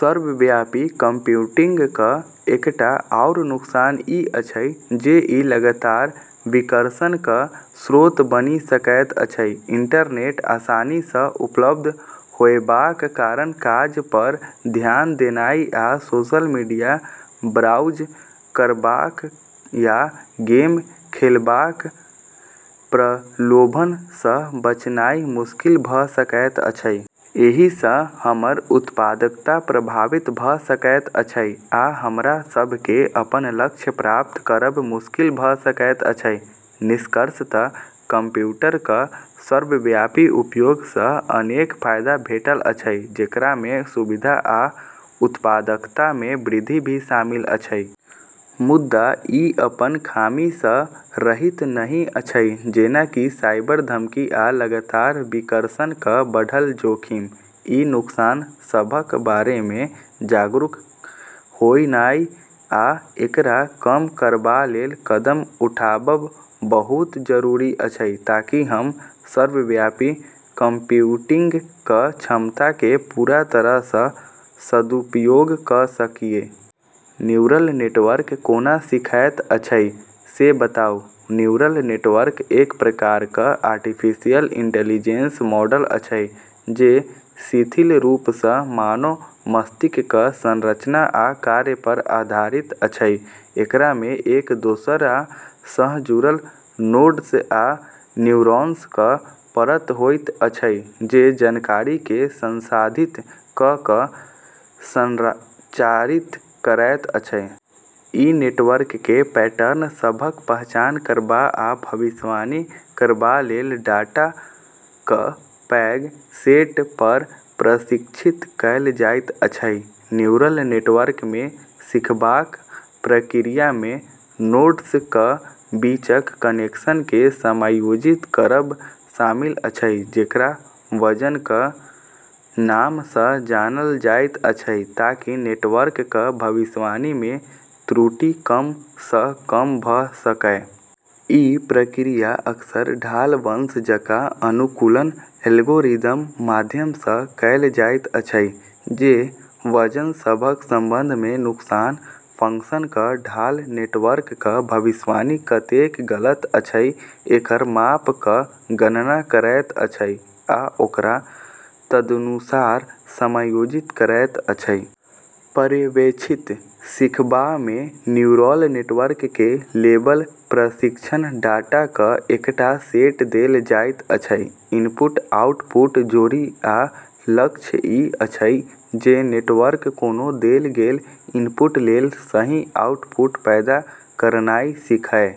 सर्वव्यापी कंप्यूटिंगक एकटा आउर नुकसान ई अछि जे ई लगातार विकर्षणक स्रोत बनि सकैत अछि। इंटरनेट आसानी सँ उपलब्ध होयबाक कारण काज पर ध्यान देनाइ आ सोशल मीडिया ब्राउज करबाक या गेम खेलबाक प्रलोभन सँ बचनाइ मुश्किल भऽ सकैत अछि। एहि सँ हमर उत्पादकता प्रभावित भऽ सकैत अछि, आ हमरा सभ केँ अपन लक्ष्य प्राप्त करब मुश्किल भऽ सकैत अछि। निष्कर्षतः कंप्यूटरक सर्वव्यापी उपयोग सँ अनेक फायदा भेटल अछि, जेकरा मे सुविधा आ उत्पादकता मे वृद्धि भी शामिल अछि। मुदा ई अपन खामी सँ रहित नहि अछि, जेना कि साइबर धमकी आ लगातार विकर्षणक बढ़ल जोखिम। ई नुकसान सभक बारे मे जागरूक होनाइ आ एकरा कम करबा लेल कदम उठाबब बहुत जरूरी अछि, ताकि हम सर्वव्यापी कंप्यूटिंगक क्षमता केँ पूरा तरह सँ सदुपयोग कऽ सकिए। न्यूरल नेटवर्क कोना सीखैत अछि से बताउ। न्यूरल नेटवर्क एक प्रकारक आर्टिफिशियल इंटेलिजेंस मॉडल अछि जे शिथिल रूप सँ मानव मस्तिष्कक संरचना आ कार्य पर आधारित अछि। एकरा मे एक दोसरा सँ जुड़ल नोड्स या न्यूरॉन्सक परत होइत अछि जे जानकारी केँ संसाधित कऽ कऽ संचारित करैत अछि। ई नेटवर्क केँ पैटर्न सभक पहचान करबा आ भविष्यवाणी करबा लेल डाटाक पैघ सेट पर प्रशिक्षित कएल जाइत अछि। न्यूरल नेटवर्क मे सीखबाक प्रक्रिया मे नोड्सक बीचक कनेक्शन केँ समायोजित करब शामिल अछि, जेकरा वजनक नाम सँ जानल जाइत अछि, ताकि नेटवर्कक भविष्यवाणी मे त्रुटि कम सँ कम भऽ सकए। ई प्रक्रिया अक्सर ढाल वंश जकाँ अनुकूलन एल्गोरिदमक माध्यम सँ कएल जाइत अछि, जे वजन सभक संबंध मे नुकसान फ़ंक्शनक ढाल (नेटवर्कक भविष्यवाणी कतेक गलत अछि एकर माप) क गणना करैत अछि आ ओकरा तदनुसार समायोजित करैत अछि। पर्यवेक्षित सीखबा मे न्यूरल नेटवर्क केँ लेबल प्रशिक्षण डाटाक एकटा सेट देल जाइत अछि इनपुट-आउटपुट जोड़ी आ लक्ष्य ई अछि जे नेटवर्क कोनो देल गेल इनपुट लेल सही आउटपुट पैदा करनाइ सीखए।